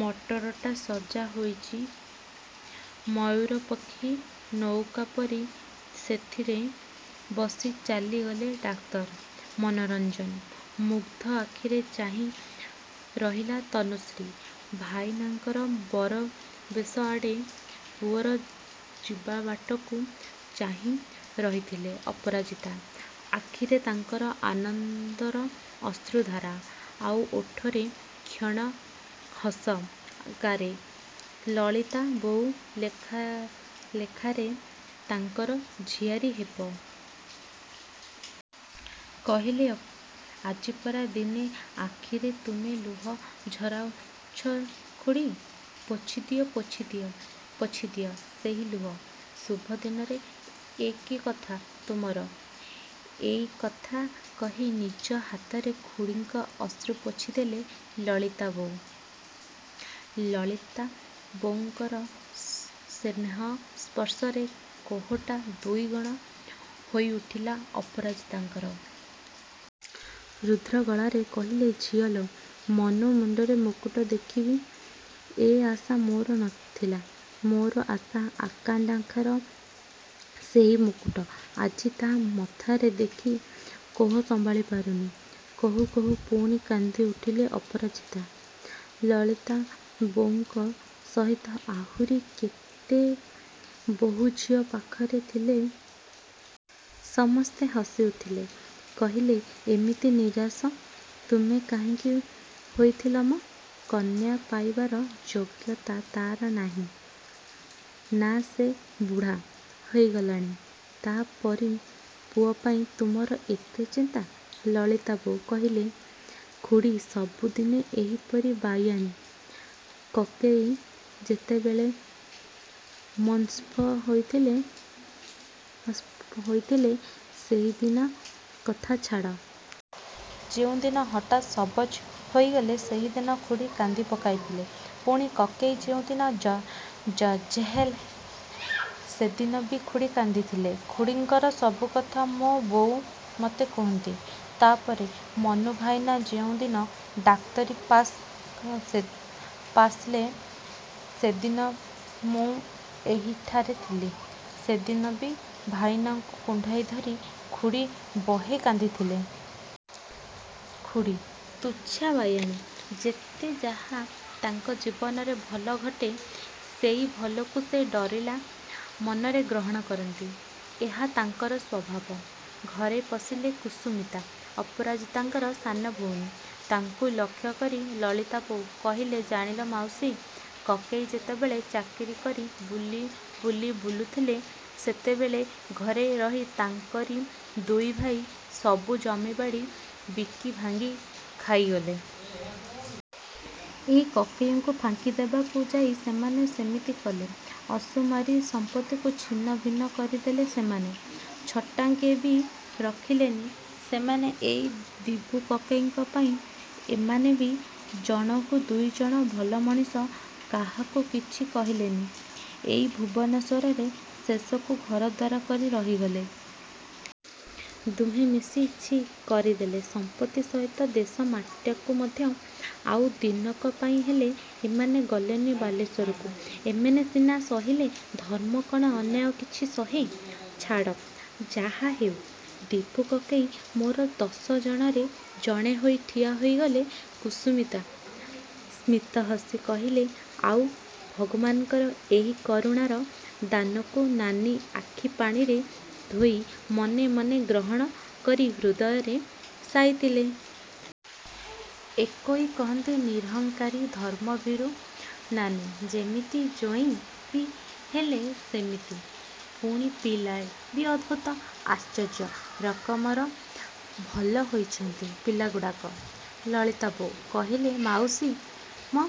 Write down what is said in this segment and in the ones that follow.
ମଟରଟା ସଜା ହୋଇଛି ମୟୂରପକ୍ଷୀ ନଉକାପରି। ସେଇଥିରେ ବସି ଚାଲିଗଲେ ଡାକ୍ତର ମନୋରଞ୍ଜନ। ମୁଗ୍ଧ ଆଖିରେ ଚାହିଁ ରହିଲା ତନୁଶ୍ରୀ ଭାଇନାଙ୍କର ବରବେଶଆଡ଼େ। ପୁଅର ଯିବାବାଟକୁ ଚାହିଁ ରହିଥିଲେ ଅପରାଜିତା। ଆଖିରେ ତାଙ୍କର ଆନନ୍ଦର ଅଶ୍ରୁଧାରା, ଆଉ ଓଠରେ କ୍ଷୀଣ ହସ ଗାରେ। ଲଳିତାବୋଉ ଲେଖାରେ ତାଙ୍କର ଝିଆରୀ ହେବେ। କହିଲେ, ଆଜିପରା ଦିନେ ଆଖିରେ ତୁମେ ଲୁହ ଝରାଉଛ ଖୁଡ଼ୀ? ପୋଛିଦିଅ, ପୋଛିଦିଅ, ପୋଛିଦିଅ ସେହି ଲୁହ। ଶୁଭଦିନରେ ଏ କି କଥା ତୁମର? ଏଇ କଥା କହି ନିଜ ହାତରେ ଖୁଡ଼ୀଙ୍କ ଅଶ୍ରୁ ପୋଛିଦେଲେ ଲଳିତାବୋଉ। ଲଳିତାବୋଉଙ୍କର ସ୍ନେହ ସ୍ପର୍ଶରେ କୋହଟା ଦୁଇଗୁଣ ହୋଇଉଠିଲା ଅପରାଜିତାଙ୍କର। ରୁଦ୍ଧଗଳାରେ କହିଲେ–ଝିଅଲୋ–ମନୁ ମୁଣ୍ଡରେ ମକୁଟ ଦେଖିବି ଏ ଆଶା ମୋର ନଥିଲା। ମୋର ଆଶା ଆକାଙ୍କ୍ଷାର ସେଇ ମକୁଟ ଆଜି ତା' ମଥାରେ ଦେଖି କୋହ ସମ୍ଭାଳିପାରୁନି। କହୁ କହୁ ପୁଣି କାନ୍ଦିଉଠିଲେ ଅପରାଜିତା। ଲଳିତା ବୋଉଙ୍କ ସହିତ ଆହୁରି କେତେ ବୋହୂଝିଅ ପାଖରେ ଥିଲେ। ସମସ୍ତେ ହସିଉଠିଲେ। କହିଲେ–ଏମିତି ନିରାଶ ତୁମେ କାହିଁକି ହୋଇଥିଲ ମ? କନ୍ୟା ପାଇବାର ଯୋଗ୍ୟତା ତା'ର ନାହିଁ–ନାଁ–ସେ ବୁଢ଼ା ହୋଇଗଲାଣି। ତା'ପରି ପୁଅପାଇଁ ତୁମର ଏତେ ଚିନ୍ତା! ଲଳିତାବୋଉ କହିଲେ– ଖୁଡ଼ୀ ସବୁଦିନେ ଏହିପରି ବାୟାଣୀ। କକେଇ ଯେତେବେଳେ ମୁନ୍ସଫ୍ ହୋଇଥିଲେ, ସେଦିନ କଥା ଛାଡ଼। ଯେଉଁଦିନ ହଠାତ୍ ସବ୍ଜଜ୍ ହୋଇଗଲେ ସେଦିନ ଖୁଡ଼ୀ କାନ୍ଦି ପକାଇଥିଲେ-। ପୁଣି କକେଇ ଯେଉଁଦିନ ଜଜ୍ହେଲେ ସେଦିନ ବି ଖୁଡ଼ୀ କାନ୍ଦିଥିଲେ। ଖୁଡ଼ୀଙ୍କର ସବୁକଥା ମୋ ବୋଉ ମତେ କୁହନ୍ତି। ତାପରେ ମନୁ ଭାଇନା ଯେଉଁଦିନ ଡାକ୍ତରୀ ପାଶ୍କଲେ ସେଦିନ ମୁଁ ଏହିଠାରେ ଥିଲି। ସେଦିନ ବି ଭାଇଁନାଙ୍କୁ କୁଣ୍ଢାଇଁଧରି ଖୁଡ଼ୀ ବହେ କାନ୍ଦିଥିଲେ। ଖୁଡ଼ୀ ତୁଚ୍ଛା ବାୟାଣୀ। ଯେତେ ଯାହା ତାଙ୍କ ଜୀବନରେ ଭଲ ଘଟେ, ସେଇ ଭଲକୁ ସେ ଡରିଲା ମନରେ ଗ୍ରହଣ କରନ୍ତି। ଏହା ତାଙ୍କର ସ୍ୱଭାବ। ଘରେ ପଶିଲେ କୁସୁମିତା– ଅପରାଜିତାଙ୍କର ସାନ ଭଉଣୀ। ତାଙ୍କୁଇ ଲକ୍ଷ୍ୟକରି, ଲଳିତାବୋଉ କହିଲେ–ଜାଣିଲ ମାଉସୀ, କକେଇ ଯେତେବେଳେ ଚାକିରି କରି ବୁଲି ବୁଲି ବୁଲୁଥିଲେ, ସେତେବେଳେ ଘରେ ରହି ତାଙ୍କରି ଦୁଇଭାଇ ସବୁ ଜମିବାଡ଼ି ବିକି ଭାଙ୍ଗି ଖାଇଗଲେ। ଏ କକେଇଙ୍କୁ ଫାଙ୍କିଦେବାକୁ ଯାଇ ସେମାନେ ସେମିତି କଲେ। ଅସୁମାରୀ ସମ୍ପତ୍ତିକୁ ଛିନ୍ନ ଭିନ୍ନ କରିଦେଲେ ସେମାନେ। ଛଟାଙ୍କିଏ ବି ରଖିଲେନି ସେମାନେ ଏଇ ଦିବୁ କକେଇଙ୍କ ପାଇଁ। ଏମାନେ ବି ଜଣକୁ ଦୁଇଜଣ ଭଲ ମଣିଷ–କାହାକୁ କିଛି କହିଲେନି। ଏଇ ଭୁବନେଶ୍ୱରରେ ଶେଷକୁ ଘରଦ୍ୱାର କରି ରହିଗଲେ। ଦୁହେଁ ମିଶି ଛି କରିଦେଲେ ସମ୍ପତ୍ତି ସହିତ ଦେଶମାଟିକୁ ମଧ୍ୟ। ଆଉ ଦିନକ ପାଇଁ ହେଲେ ଏମାନେ ଗଲେନି ବାଲେଶ୍ୱରକୁ। ଏମାନେ ସିନା ସହିଲେ–ଧର୍ମ କ'ଣ ଅନ୍ୟାୟ କିଛି ସହେ? ଛାଡ଼, ଯାହାହେଉ ଦିବୁ କକେଇ ମୋର ଦଶଜଣରେ ଜଣେ ହୋଇ ଠିଆ ହୋଇଗଲେ। କୁସୁମିତା ସ୍ମିତହସି କହିଲେ– ଆଉ ଭଗବାନଙ୍କର ଏଇ କରୁଣାର ଦାନକୁ ନାନୀ ଆଖିପାଣିରେ ଧୋଇ ମନେ ମନେ ଗ୍ରହଣ କରି ହୃଦୟରେ ସାଇତିଲେ। ଏକୋଇ କହନ୍ତି ନିରହଙ୍କାରୀ ଧର୍ମଭୀରୁ। ନାନୀ ଯେମିତି–ଜୋଇଁ ବି ହେଲେ ସେମିତି। ପୁଣି ପିଲାଏ ବି ଅଦ୍ଭୁତ। ଆଶ୍ଚର୍ଯ୍ୟ ରକମର ଭଲ ହୋଇଛନ୍ତି ପିଲାଗୁଡାକ। ଲଳିତାବୋଉ କହିଲେ– ମାଉସୀ ମ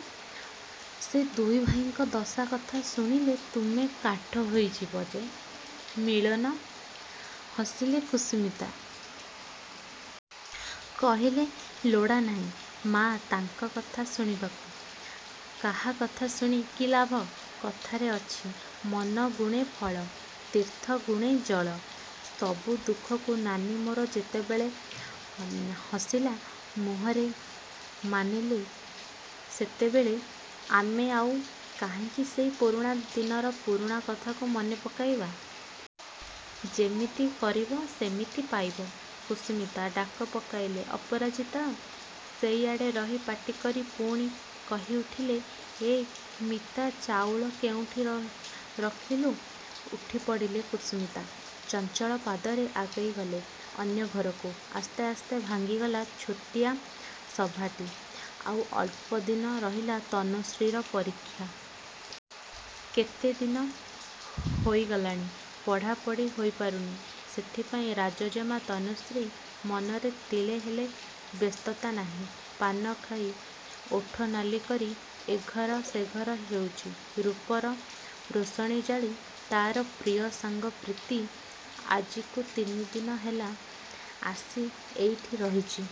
ସେ ଦୁଇଭାଇଙ୍କ ଦଶା କଥା ଶୁଣିଲେ ତୁମେ କାଠ ହୋଇଯିବ ଯେ! ମଳିନ ହସିଲେ କୁସୁମିତା। କହିଲେ– ଲୋଡ଼ାନାହିଁ ମାଆ ତାଙ୍କ କଥା ଶୁଣିବାକୁ। କାହାକଥା ଶୁଣି କି ଲାଭ? କଥାରେ ଅଛି–ମନ ଗୁଣେ ଫଳ, ତୀର୍ଥ ଗୁଣେ ଜଳ। ସବୁ ଦୁଃଖକୁ ନାନୀ ମୋର ଯେତେବେଳେ ହସିଲା ମୁହଁରେ ମାନିନେଲେ–ସେତେବେଳେ ଆମେ ଆଉ କାହିଁକି ସେଇ ପୁରୁଣା ଦିନର ପୁରୁଣା କଥାକୁ ମନେପକାଇବା। ଯେ ଯେମିତି କରିବ ସେ ସେମିତି ପାଇବ। କୁସୁମିତା ଡାକ ପକାଇଲେ ଅପରାଜିତା। ସେଇଆଡ଼େ ରହି ପାଟିକରି ପୁଣି କହିଉଠିଲେ–ଏ, ମିତା ଚାଉଳ କେଉଁଠି ରଖିଲୁ? ଉଠିପଡ଼ିଲେ କୁସୁମିତା। ଚଞ୍ଚଳ ପାଦରେ ଆଗେଇଗଲେ ଅନ୍ୟଘରକୁ। ଆସ୍ତେ ଆସ୍ତେ ଭାଙ୍ଗିଗଲା ଛୋଟିଆ ସଭାଟି। ଆଉ ଅଳ୍ପଦିନ ରହିଲା ତନୁଶ୍ରୀର ପରୀକ୍ଷା। କେତେଦିନ ହୋଇଗଲାଣି ପଢ଼ା ପଢ଼ି ହୋଇପାରୁନି। ସେଥିପାଇଁ ରାଜଜେମା ତନୁଶ୍ରୀ ମନରେ ତିଳେ ହେଲେ ବ୍ୟସ୍ତତା ନାହିଁ। ପାନଖାଇ ଓଠ ନାଲି କରି ଏ ଘର ସେ ଘର ହେଉଛି ରୂପର ରୋଷଣୀ ଜାଳି। ତା'ର ପ୍ରିୟ ସାଙ୍ଗ ପ୍ରୀତି, ଆଜିକୁ ତିନିଦିନ ହେଲା ଆସି ଏଇଠି ରହିଛି।